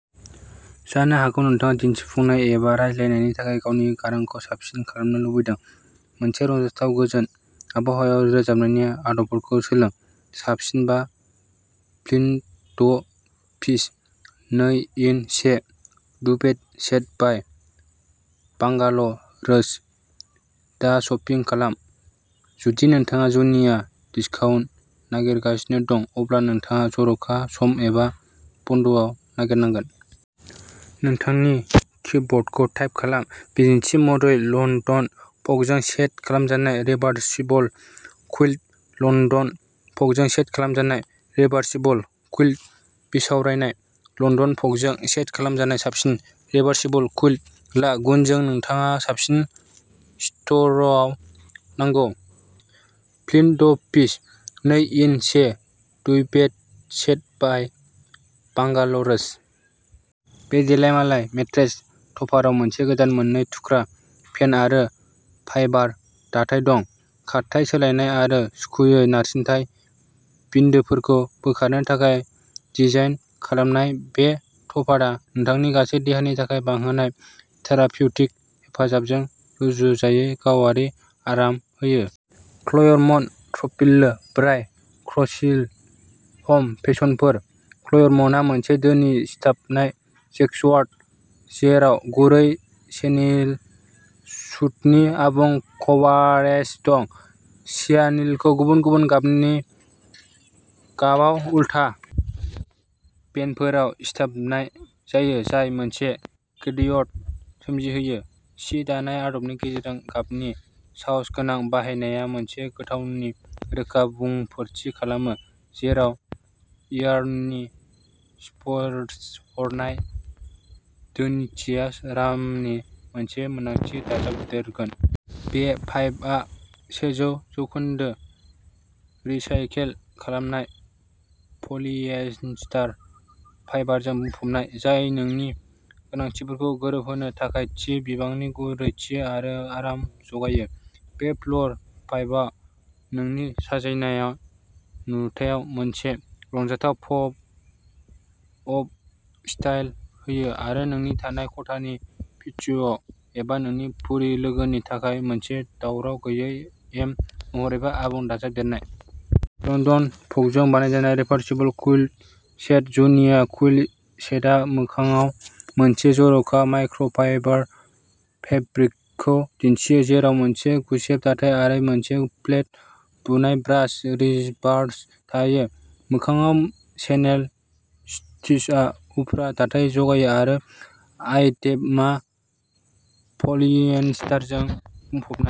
जानो हागौ नोंथाङा दिन्थिफुंनाय एबा रायज्लायनायनि थाखाय गावनि गारांखौ साबसिन खालामनो लुबैदों? मोनसे रंजाथाव, गोजोन आबहावायाव रोजाबनायनि आदबफोरखौ सोलों। साबसिन बा फ्लिन्ट द' पिस नै-इन-से डुभेट सेट बाइ बांगाल'रोज। दा शपिं खालाम! जुदि नोंथाङा जुनिया डिस्काउन्ट नागिरगासिनो दं, अब्ला नोंथाङा जर'खा सम एबा बन्द' आव नागिरनांगोन। नोंथांनि किवर्डखौ टाइप खालाम, बिदिन्थि महरै, लण्डन फगजों सेट खालामजानाय रिभार्सिबल कुइल्ट। लन्दन फगजों सेट खालामजानाय रिभार्सिबल कुइल्ट। बिसावरायनाय लन्दन फगजों सेट खालामजानाय साबसिन रिभार्सिबल कुइल्ट ला। गुनजों। नोंथाङा साबसिन स्ट'रआव नांगौ। फ्लिन्ट द' पिस नै-इन-से डुभेट सेट बाइ बांगाल'रोज। बे देलायमालाय मेट्रेस टपाराव मोनसे गोदान मोननै थुख्रा फेन आरो फाइबार दाथाय दं। खारथाइ सोलायनाय आरो सुखुयै नारसिनथाय बिन्दोफोरखौ बोखारनो थाखाय डिजाइन खालामनाय बे टपारआ नोंथांनि गासै देहानि थाखाय बांहोनाय थेरापिउटिक हेफाजाबजों रुजुजायै गावारि आराम होयो। क्लेयरमन्ट थ्र'पिल्लो बाइ क्रससिल हम फेसनफोर। क्लेयरमन्टआ मोनसे धोनि सिथाबनाय जेक्वार्ड, जेराव गुरै चेनिल सूतनि आबुं कभारेज दं। चेआनिलखौ गुबुन गुबुन गाबनि गाबाव उलथा बेन्डफोराव सिथाबनाय जायो, जाय मोनसे ग्रेडियन्ट सोमजिहोयो। सि दानाय आदबनि गेजेरजों गाबनि साहसगोनां बाहायनाया मोनसे गोथावनि रोखा बुंफोरथि खालामो, जेराव यार्ननि स्पर्शेहनाय धोनिथिया रामनि मोनसे मोनदांथि दाजाबदेरगोन। बे पाउफआ सेजौ जौखोनदो रिसाइकेल खालामनाय पलिएस्टार फाइबारजों बुंफबनाय, जाय नोंनि गोनांथिफोरखौ गोरोबहोनो थाखाय थि बिबांनि गुरैथि आरो आराम जगायो। बे फ्ल'र पाउफआ नोंनि साजायनाय नुथायाव मोनसे रंजाथाव पप अफ स्टाइल होयो आरो नोंनि थानाय खथानि पेटिय'आव एबा नोंनि फुर्रि लोगोनि थाखाय मोनसे दावराव गैयै एम महरैबो आबुं दाजाबदेरनाय। लण्डन फगजों बानायजानाय रिभार्सिबल कुइल्ट सेट। जुनिया कुइल्ट सेटआ मोखांआव मोनसे जर'खा माइक्र'फाइबार फेब्रिकखौ दिन्थियो, जेराव मोनसे गुसेब दाथाय आरो मोनसे फ्लेट बुनाय ब्रास रिभार्स थायो। मोखांआव चेनेल स्तिचआ उफ्रा दाथाय जगायो आरो आइटेमआ पलिएस्टारजों बुंफबनाय।